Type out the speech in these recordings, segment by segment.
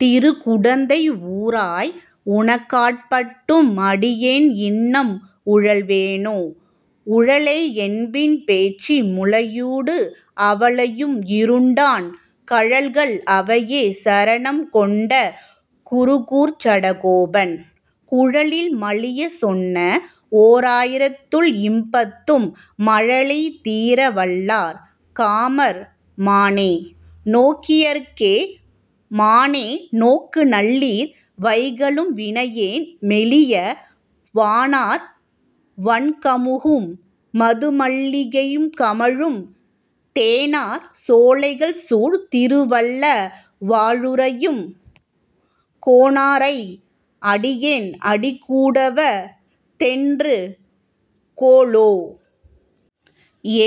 திருக்குடந்தை ஊராய். உனக்காட்பட்டும் அடியேன் இன்னம் உழல்வேனோ? உழலை யென்பின் பேய்ச்சி முலையூடு அவளை யுயிருண்டான், கழல்கள் அவையே சரணாக் கொண்ட குருகூர்ச் சடகோபன், குழலில் மலியச் சொன்ன ஓராயிரத்துள் இப்பத்தும் மழலை தீர வல்லார் காமர் மானேய் நோக்கியர்க்கே. மானேய் நோக்குநல்லீர். வைகலும்வினை யேன்மெலிய, வானார் வண்கமுகும் மதுமல்லிகை யுங்கமழும், தேனார் சோலைகள்சூழ் திருவல்ல வாழுறையும் கோனா ரை, அடியேண் அடிகூடுவ தென்றுகொலோ?.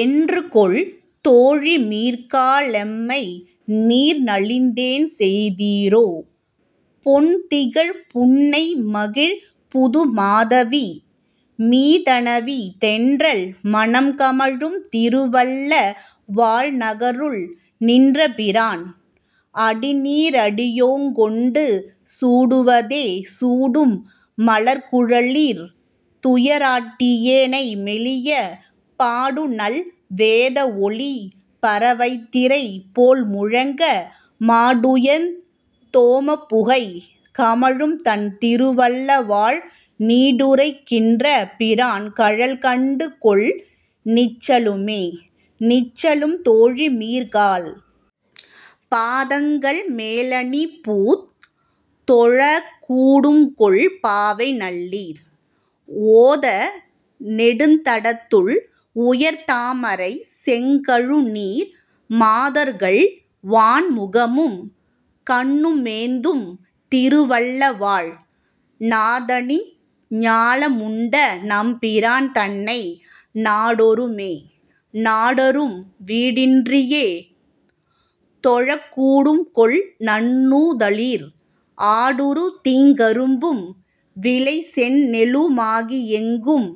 என்றுகொல் தோழிமீர்காளெம்மைநீர்நலிந் தென்செய்தீரோ? பொன்திகழ் புன்னைமகிழ் புதுமாதவி மீதணவி, தென்றல் மணங்கமழும் திருவல்ல வாழ்நகருள் நின்றபி ரான், அடிநீ றடியோங்கொண்டு சூடுவதே?. சூடும் மலர்க்குழலீர். துயராட்டியே னைமெலிய, பாடுநல் வேதவொலி பரவைத்திரை போல்முழங்க, மாடுயர்ந் தோமப்புகை கமழும்தண் திருவல்லவாழ் நீடுறை கின்றபிரான் கழல்கண்டுங்கொல் நிச்சலுமே?. நிச்சலும் தோழிமீர்காள். பாதங்கள் மேலணிபூத் தொழக்கூடுங்கொல் பாவைநல்லீர், ஓதநெ டுந்தடத்துள் உயர்தாமரை செங்கழுநீர், மாதர்கள் வாண்முகமும் கண்ணுமேந்தும் திருவல்லவாழ், நாதனிஞ் ஞாலமுண்ட நம்பிரான்தன்னை நாடோ றுமே?. நாடொறும் வீடின்றியே தொழக்கூடுங்கொல் நன்னுதலீர், ஆடுறு தீங்கரும்பும் விளைசெந்நெலு மாகியெங்கும்,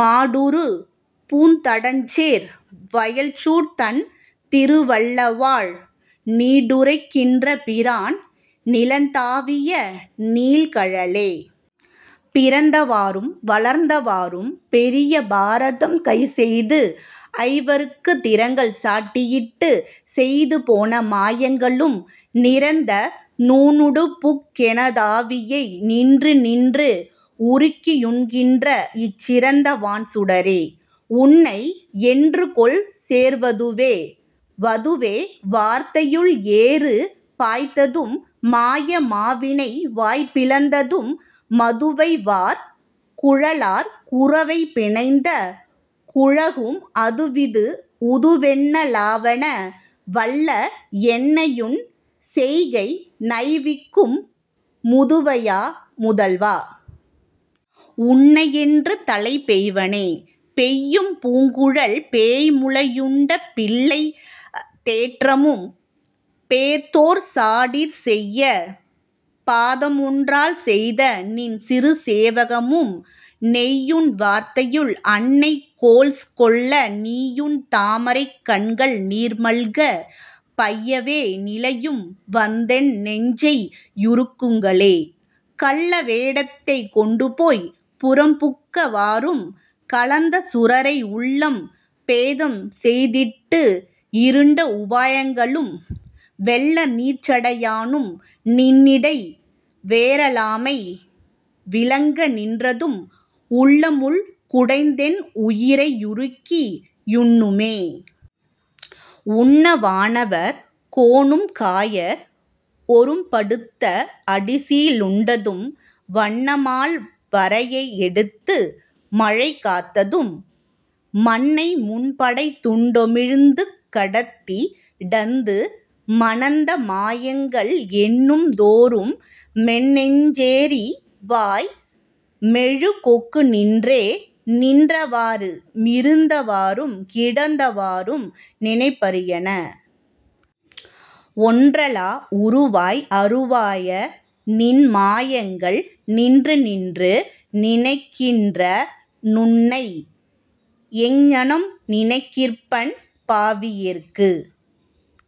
மாடுறு பூந்தடஞ்சேர் வயல்சூழ்தண் திருவல்லவாழ், நீடுறை கின்றபிரான் நிலந்தாவிய நீள்கழலே?. பிறந்த வாறும் வளர்ந்த வாறும் பெரிய பாரதம் கைசெய்து, ஐவர்க்குத் திறங்கள் சாட்டி யிட்டுச் செய்து போன மாயங்களும், நிறந்த னூடுபுக் கெனதாவியை நின்றுநின்று உருக்கி யுண்கின்ற, இச் சிறந்த வான்சுட ரே. உன்னை யென்றுகொல் சேர்வதுவே.. வதுவை வார்த்தையுள் ஏறு பாய்ந்ததும் மாய மாவினை வாய்பி ளந்ததும் மதுவைவார் குழலார் குரவை பிணைந்த குழகும், அதுவிது உதுவென்ன லாவன வல்ல என்னையுன் செய்கை நைவிக்கும், முதுவைய முதல்வா. உன்னை யென்று தலைப் பெய்வனே?. பெய்யும் பூங்குழல் பேய்முலை யுண்ட பிள்ளைத் தேற்றமும், பேர்ந்தோர் சாடிறச் செய்ய பாதமொன் றால்செய்த நின்சிறுச் சேவகமும், நெய்யுண் வார்த்தையுள், அன்னை கோல்கொள்ள நீயுன் தாமரைக் கண்கள் நீர்மல்க, பையவே நிலையும் வந்தென் னெஞ்சை யுருக்குங்களே.. கள்ள வேடத்தைக் கொண்டுபோய்ப் புறம்புக்க வாறும், கலந்தசுரரை உள்ளம் பேதம்செய் திட்டுயி ருண்ட உபாயங்களும், வெள்ள நீர்ச்சடை யானும் நின்னிடை வேறலாமை விளங்க நின்றதும், உள்ளமுள் குடைந்தென் உயிரை யுருக்கி யுண்ணுமே.. உண்ண வானவர் கோனுக் காயர் ஒருப்ப டுத்த அடிசி லுண்டதும், வண்ணமால் வரையை யெடுத்து மழைகாத்ததும், மண்ணை முன்படைத் துண்டு மிழ்ந்துக டந்தி டந்து மணந்த மாயங்கள், எண்ணுந் தோறுமென் னெஞ்செரி வாய் மெழு கொக்குநின்றே.. நின்ற வாறு மிருந்த வாறும் கிடந்த வாறும் நினைப்பரியன ஒன்றலா வுருவாய் அருவாயநின் மாயங்கள், நின்று நின்று நினைக்கின் றேனுன்னை எங்ங னம்நினை கிற்பன், பாவியேற்கு